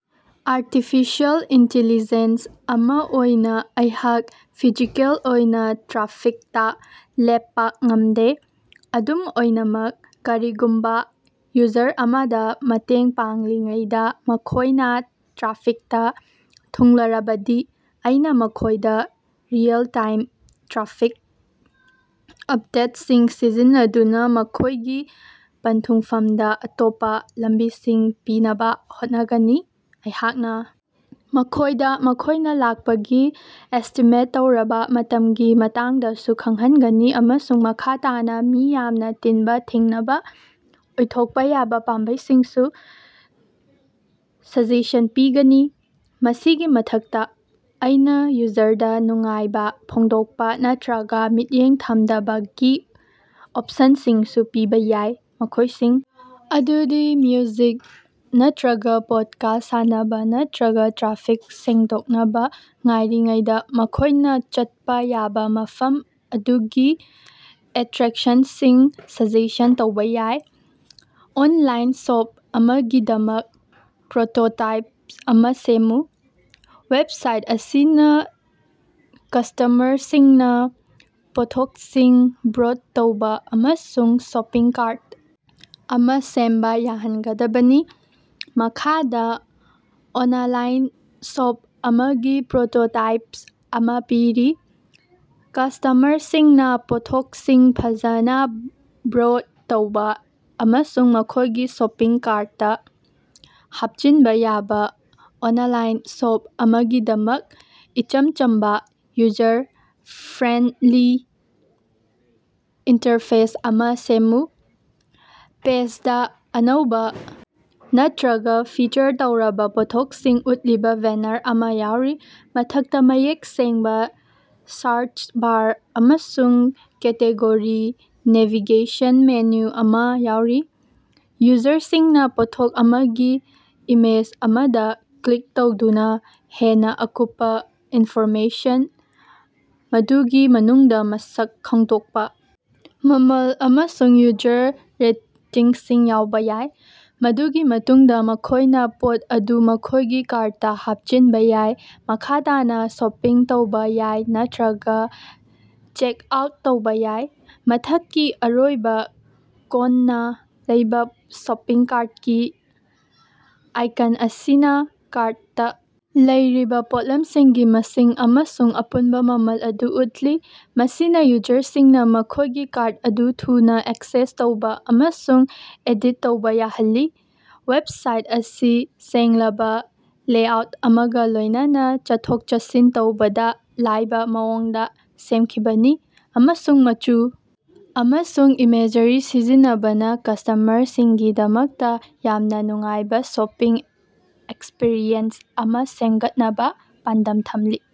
Artificial intelligence ꯑꯃꯥ ꯑꯣꯏꯅꯥ ꯑꯩꯍꯥꯛ ꯐꯤꯖꯤꯀꯦꯜ ꯑꯣꯏꯅꯥ ꯇ꯭ꯔꯥꯐꯤꯛꯇꯥ ꯂꯦꯞꯄꯥ ꯉꯝꯗꯦ꯫ ꯑꯗꯨꯝ ꯑꯣꯏꯅꯃꯛ, ꯀꯔꯤꯒꯨꯝꯕꯥ ꯌꯨꯖꯔ ꯑꯃꯗꯥ ꯃꯇꯦꯡ ꯄꯥꯡꯂꯤꯉꯩꯗꯥ ꯃꯈꯣꯏꯅꯥ ꯇ꯭ꯔꯥꯐꯤꯛꯇꯥ ꯊꯨꯡꯂꯔꯕꯗꯤ, ꯑꯩꯅꯥ ꯃꯈꯣꯏꯗꯥ ꯔꯤꯑꯦꯜ-ꯇꯥꯏꯝ ꯇ꯭ꯔꯥꯐꯤꯛ ꯑꯞꯗꯦꯠꯁꯤꯡ ꯁꯤꯖꯤꯟꯅꯗꯨꯅꯥ ꯃꯈꯣꯏꯒꯤ ꯄꯟꯊꯨꯡꯐꯝꯗꯥ ꯑꯇꯣꯞꯄꯥ ꯂꯝꯕꯤꯁꯤꯡ ꯄꯤꯅꯕꯥ ꯍꯣꯠꯅꯒꯅꯤ꯫ ꯑꯩꯍꯥꯛꯅꯥ ꯃꯈꯣꯏꯗꯥ ꯃꯈꯣꯏꯅꯥ ꯂꯥꯛꯄꯒꯤ ꯑꯦꯁꯇꯤꯃꯦꯠ ꯇꯧꯔꯕꯥ ꯃꯇꯝꯒꯤ ꯃꯇꯥꯡꯗꯁꯨ ꯈꯪꯍꯟꯒꯅꯤ ꯑꯃꯁꯨꯡ ꯃꯈꯥ ꯇꯥꯅꯥ ꯃꯤ ꯌꯥꯝꯅꯥ ꯇꯤꯟꯕꯥ ꯊꯤꯡꯅꯕꯥ ꯑꯣꯏꯊꯣꯛꯄꯥ ꯌꯥꯕꯥ ꯄꯥꯝꯕꯩꯁꯤꯡꯁꯨ ꯁꯖꯦꯁꯟ ꯄꯤꯒꯅꯤ꯫ ꯃꯁꯤꯒꯤ ꯃꯊꯛꯇꯥ, ꯑꯩꯅꯥ ꯌꯨꯖꯔꯗꯥ ꯅꯨꯡꯉꯥꯏꯕꯥ ꯐꯣꯡꯗꯣꯛꯄꯥ ꯅꯠꯇ꯭ꯔꯒꯥ ꯃꯤꯠꯌꯦꯡ ꯊꯝꯗꯕꯒꯤ ꯑꯣꯞꯁꯟꯁꯤꯡꯁꯨ ꯄꯤꯕꯥ ꯌꯥꯏ, ꯃꯈꯣꯏꯁꯤꯡ ꯑꯗꯨꯗꯤ ꯃ꯭ꯌꯨꯖꯤꯛ ꯅꯠꯇ꯭ꯔꯒꯥ ꯄꯣꯠꯀꯥꯁ ꯁꯥꯟꯅꯕꯥ ꯅꯠꯇ꯭ꯔꯒꯥ ꯇ꯭ꯔꯥꯐꯤꯛ ꯁꯦꯡꯗꯣꯛꯅꯕꯥ ꯉꯥꯏꯔꯤꯉꯩꯗꯥ ꯃꯈꯣꯏꯅꯥ ꯆꯠꯄꯥ ꯌꯥꯕꯥ ꯃꯐꯝ ꯑꯗꯨꯒꯤ ꯑꯦꯇ꯭ꯔꯦꯛꯁꯟꯁꯤꯡ ꯁꯖꯦꯁꯟ ꯇꯧꯕꯥ ꯌꯥꯏ꯫ ꯑꯣꯟꯂꯥꯏꯟ ꯁꯣꯞ ꯑꯃꯒꯤꯗꯃꯛ ꯄ꯭ꯔꯣꯇꯣꯇꯥꯏꯞ ꯑꯃꯥ ꯁꯦꯝꯃꯨ꯫ ꯋꯦꯕꯁꯥꯏꯠ ꯑꯁꯤꯅꯥ ꯀꯁ꯭ꯇꯃꯔꯁꯤꯡꯅꯥ ꯄꯣꯠꯊꯣꯛꯁꯤꯡ ꯕ꯭ꯔꯣꯠ ꯇꯧꯕꯥ ꯑꯃꯁꯨꯡ ꯁꯣꯄꯤꯡ ꯀꯥꯔꯠ ꯑꯃꯥ ꯁꯦꯝꯕꯥ ꯌꯥꯍꯟꯒꯗꯕꯅꯤ꯫ ꯃꯈꯥꯗꯥ ꯑꯣꯅꯂꯥꯏꯟ ꯁꯣꯞ ꯑꯃꯒꯤ ꯄ꯭ꯔꯣꯇꯣꯇꯥꯏꯞ ꯑꯃꯥ ꯄꯤꯔꯤ꯫ ꯀꯁ꯭ꯇꯃꯔꯁꯤꯡꯅꯥ ꯄꯣꯠꯊꯣꯛꯁꯤꯡ ꯐꯖꯅꯥ ꯕ꯭ꯔꯣꯗ ꯇꯧꯕꯥ ꯑꯃꯁꯨꯡ ꯃꯈꯣꯏꯒꯤ ꯁꯣꯄꯤꯡ ꯀꯥꯔꯠꯇꯥ ꯍꯥꯞꯆꯤꯟꯕꯥ ꯌꯥꯕꯥ ꯑꯣꯅꯂꯥꯏꯟ ꯁꯣꯞ ꯑꯃꯒꯤꯗꯃꯛ ꯏꯆꯝ ꯆꯝꯕꯥ, ꯌꯨꯖꯔ ꯐ꯭ꯔꯦꯟꯗꯂꯤ ꯏꯟꯇꯔꯐꯦꯁ ꯑꯃꯥ ꯁꯦꯝꯃꯨ꯫ ꯄꯦꯖꯗꯥ ꯑꯅꯧꯕꯥ ꯅꯠꯇ꯭ꯔꯒꯥ ꯐꯤꯆꯔ ꯇꯧꯔꯕꯥ ꯄꯣꯠꯊꯣꯛꯁꯤꯡ ꯎꯠꯂꯤꯕꯥ ꯕꯦꯅꯥꯔ ꯑꯃꯥ ꯌꯥꯎꯔꯤ, ꯃꯊꯛꯇꯥ ꯃꯌꯦꯛ ꯁꯦꯡꯕꯥ ꯁꯥꯔꯆ ꯕꯥꯔ ꯑꯃꯁꯨꯡ ꯀꯦꯇꯦꯒꯣꯔꯤ ꯅꯦꯚꯤꯒꯦꯁꯟ ꯃꯦꯅꯨ ꯑꯃꯥ ꯌꯥꯎꯔꯤ꯫ ꯌꯨꯖꯔꯁꯤꯡꯅꯥ ꯄꯣꯠꯊꯣꯛ ꯑꯃꯒꯤ ꯏꯃꯦꯖ ꯑꯃꯗꯥ ꯀ꯭ꯂꯤꯛ ꯇꯧꯗꯨꯅꯥ ꯍꯦꯟꯅꯥ ꯑꯀꯨꯞꯄꯥ ꯏꯟꯐꯣꯔꯃꯦꯁꯟ, ꯃꯗꯨꯒꯤ ꯃꯅꯨꯡꯗꯥ ꯃꯁꯛ ꯈꯪꯗꯣꯛꯄꯥ, ꯃꯃꯜ, ꯑꯃꯁꯨꯡ ꯌꯨꯖꯔ ꯔꯦꯇꯤꯡꯁꯤꯡ ꯌꯥꯎꯕꯥ ꯌꯥꯏ꯫ ꯃꯗꯨꯒꯤ ꯃꯇꯨꯡꯗꯥ ꯃꯈꯣꯏꯅꯥ ꯄꯣꯠ ꯑꯗꯨ ꯃꯈꯣꯏꯒꯤ ꯀꯥꯔꯗꯇꯥ ꯍꯥꯞꯆꯤꯟꯕꯥ ꯌꯥꯏ, ꯃꯈꯥ ꯇꯥꯅꯥ ꯁꯣꯄꯤꯡ ꯇꯧꯕꯥ ꯌꯥꯏ ꯅꯠꯇ꯭ꯔꯒꯥ ꯆꯦꯛꯑꯥꯎꯠ ꯇꯧꯕꯥ ꯌꯥꯏ꯫ ꯃꯊꯛꯀꯤ ꯑꯔꯣꯏꯕꯥ ꯀꯣꯟꯅꯥ ꯂꯩꯕꯥ ꯁꯣꯄꯤꯡ ꯀꯥꯔꯠꯀꯤ ꯑꯥꯏꯀꯟ ꯑꯁꯤꯅꯥ ꯀꯥꯔꯠꯇꯥ ꯂꯩꯔꯤꯕꯥ ꯄꯣꯠꯂꯝꯁꯤꯡꯒꯤ ꯃꯁꯤꯡ ꯑꯃꯁꯨꯡ ꯑꯄꯨꯟꯕꯥ ꯃꯃꯜ ꯑꯗꯨ ꯎꯠꯂꯤ, ꯃꯁꯤꯅꯥ ꯌꯨꯖꯔꯁꯤꯡꯅꯥ ꯃꯈꯣꯏꯒꯤ ꯀꯥꯔꯠ ꯑꯗꯨ ꯊꯨꯅꯥ ꯑꯦꯛꯁꯦꯁ ꯇꯧꯕꯥ ꯑꯃꯁꯨꯡ ꯑꯦꯗꯤꯠ ꯇꯧꯕꯥ ꯌꯥꯍꯜꯂꯤ꯫ ꯋꯦꯕꯁꯥꯏꯠ ꯑꯁꯤ ꯁꯦꯡꯂꯕꯥ ꯂꯦꯑꯥꯎꯠ ꯑꯃꯒꯥ ꯂꯣꯏꯅꯅꯥ ꯆꯠꯊꯣꯛ-ꯆꯠꯁꯤꯟ ꯇꯧꯕꯗꯥ ꯂꯥꯏꯕꯥ ꯃꯑꯣꯡꯗꯥ ꯁꯦꯝꯈꯤꯕꯅꯤ, ꯑꯃꯁꯨꯡ ꯃꯆꯨ ꯑꯃꯁꯨꯡ ꯏꯃꯦꯖꯔꯤ ꯁꯤꯖꯤꯟꯅꯕꯅꯥ ꯀꯁ꯭ꯇꯃꯔꯁꯤꯡꯒꯤꯗꯃꯛꯇꯥ ꯌꯥꯝꯅꯥ ꯅꯨꯡꯉꯥꯏꯕꯥ ꯁꯣꯄꯤꯡ ꯑꯦꯛꯁꯄ꯭ꯔꯤꯌꯦꯟꯁ ꯑꯃꯥ ꯁꯦꯝꯒꯠꯅꯕꯥ ꯄꯥꯟꯗꯝ ꯊꯝꯂꯤ꯫